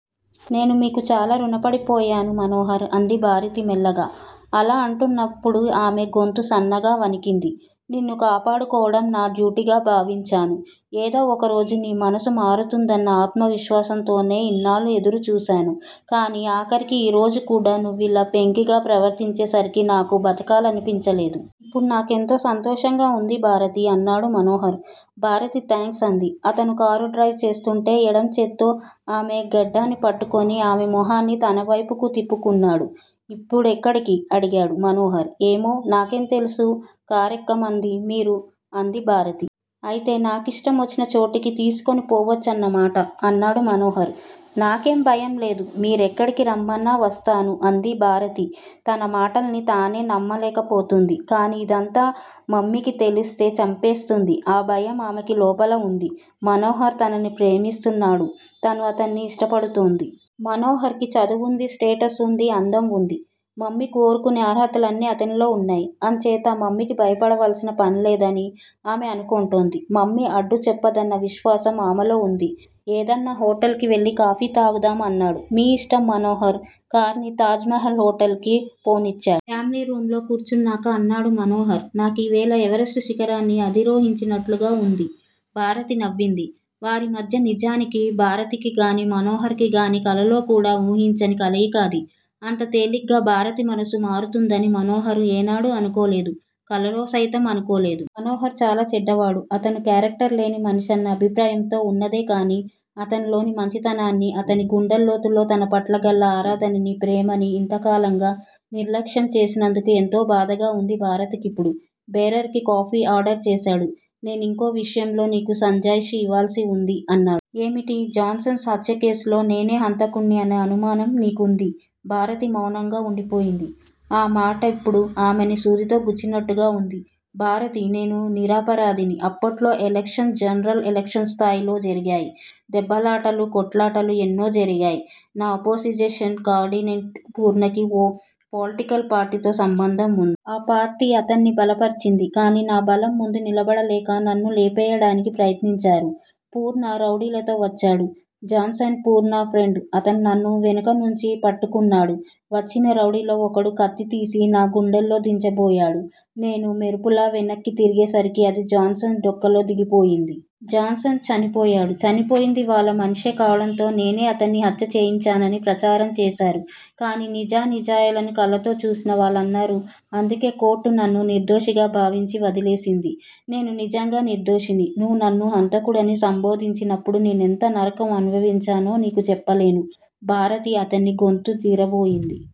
నేను మీకు చాలా రుణపడిపోయాను మనోహర్ అంది భారతి మెల్లగా. అలా అంటున్నప్పుడు ఆమె గొంతు సన్నగా వణికింది. నిన్ను కాపాడుకోవడం నా డ్యూటీగా భావించాను. ఏదో ఒకరోజు నీ మనసు మారుతుందన్న ఆత్మవిశ్వాసంతోనే ఇన్నాళ్ళూ ఎదురుచూశాను కానీ ఆఖరికి ఈరోజు కూడా నువ్విలా పెంకిగా ప్రవర్తించేసరికి నాకు బతకాలనిపించలేదు. ఇప్పుడు నాకెంతో సంతోషంగా ఉంది భారతీ! అన్నాడు మనోహర్. భారతి థాంక్స్ అంది. అతను కారు డ్రైవ్ చేస్తూంటే ఎడం చేత్తో ఆమె గెడ్డాన్ని పట్టుకుని ఆమె మొహాన్ని తనవైపుకు తిప్పుకున్నాడు. ఇప్పుడెక్కడికి! అడిగాడు మనోహర్. ఏమో! నాకేం తెలుసు! కారెక్కమంది మీరు! అంది భారతి. అయితే నా ఇష్టమొచ్చినచోటుకి తీసుకొనిపోవచ్చున్నమాట? అన్నాడు మనోహర్. నాకేం భయంలేదు. మీరెక్కడికి రమ్మన్నా వస్తాను అంది. భారతి తన మాటలని తానే నమ్మలేకపోతోంది. కానీ ఇదంతా మమ్మీకి తెలిస్తే చంపేస్తుంది. ఆ భయం ఆమెకి లోపల ఉంది. మనోహర్ తనని ప్రేమిస్తున్నాడు. తనూ అతన్ని ఇష్టపడుతోంది. మనోహర్ కి చదువుంది. స్టేటస్ వుంది. అందం వుంది. మమ్మీ కోరుకునే అర్హతలన్నీ అతనిలో ఉన్నాయి. అంచేత మమ్మీకి భయపడవలసిన పనిలేదని ఆమె అనుకుంటోంది. మమ్మీ అడ్డు చెప్పదన్న విశ్వాసం ఆమెలో వుంది. ఏదన్నా హోటల్ కి వెళ్ళి కాఫీ తాగుదాం అన్నాడు. మీ ఇష్టం మనోహర్ కారుని తాజ్ మహల్ హోటల్ కి పోనిచ్చాడు. ఫామిలీ రూంలో కూర్చున్నాక అన్నాడు మనోహర్. నాకీవేళ ఎవరెస్టు శిఖరాన్ని అధిరోహించినట్టుగా వుంది భారతి నవ్వింది. వారిమధ్య నిజానికి భారతికిగానీ, మనోహర్ కిగానీ కలలో కూడా వూహించని కలయిక అది. అంత తేలికగా భారతి మనసు మారుతుందని మనోహర్ ఏనాడూ అనుకోలేదు. కలలో సైతం అనుకోలేదు. మనోహర్ చాలా చెడ్డవాడు. అతను క్యారక్టర్ లేని మనిషన్న అభిప్రాయంతో వున్నదే కానీ అతనిలోని మంచితనాన్ని, అతని గుండెలోతుల్లో తనపట్ల గల ఆరాధననీ, ప్రేమనీ ఇంత కాలంగానూ నిర్లక్ష్యం చేసినందుకు ఎంతో బాధగా వుంది భారతికిప్పుడు. బేరర్ కి కాఫీ ఆర్డర్ చేశాడు. నేనింకో విషయంలో నీకు సంజాయిషీ ఇవ్వాల్సి వుంది అన్నాడు. ఏమిటీ! జాన్సన్ హత్యకేసులో నేనే హంతకుడ్ని అనే అనునానం నీకుంది భారతి మౌనంగా వుండిపోయింది. ఆ మాటిప్పుడు ఆమెని సూదితో గుచ్చినట్టుగా వుంది. భారతి నేను నిరపరాధిని. అప్పట్లో ఎలక్షన్స్ జనరల్ ఎలక్షన్స్ స్థాయిలో జరిగాయి. దెబ్బలాటలు, కొట్లాటలు ఎన్నో జరిగాయి. నా అపోజిషన్ కాండినేట్ పూర్ణాకి ఓ పొలిటికల్ పార్టీతో సంబంధం ఉంది. ఆ పార్టీ అతన్ని బలపరిచింది. కానీ నా బలం ముందు నిలబడలేక నన్ను లేపేయడానికి ప్రయత్నించారు. పూర్ణ రౌడీలతో వచ్చాడు. Johnson Purna friend. అతను నన్ను వెనుకనుంచి పట్టుకున్నాడు. వచ్చిన రౌడీల్లో ఒకడు కత్తి తీసి నా గుండెల్లో దించబోయాడు. నేను మెరుపులా వెనక్కి తిరిగేసరికి అది జాన్సన్ డొక్కలో దిగిపోయింది. జాన్సన్ చనిపోయాడు. చనిపోయింది వాళ్ళ మనిషే కావడంతో నేనే అతన్ని హత్య చేయించానని ప్రచారం చేశారు. కానీ నిజానిజాలని కళ్ళతో చూసిన వాళ్ళన్నారు అందుకే కోర్టు నన్ను నిర్దోషిగా భావించి వదిలేసింది. నేను నిజంగా నిర్దోషిని. నువ్వు నన్ను హంతకుడని సంబోధించినప్పుడు నేనెంత నరకం అనుభవించానో నీకు చెప్పలేను భారతీ, అతని గొంతు జీరబోయింది.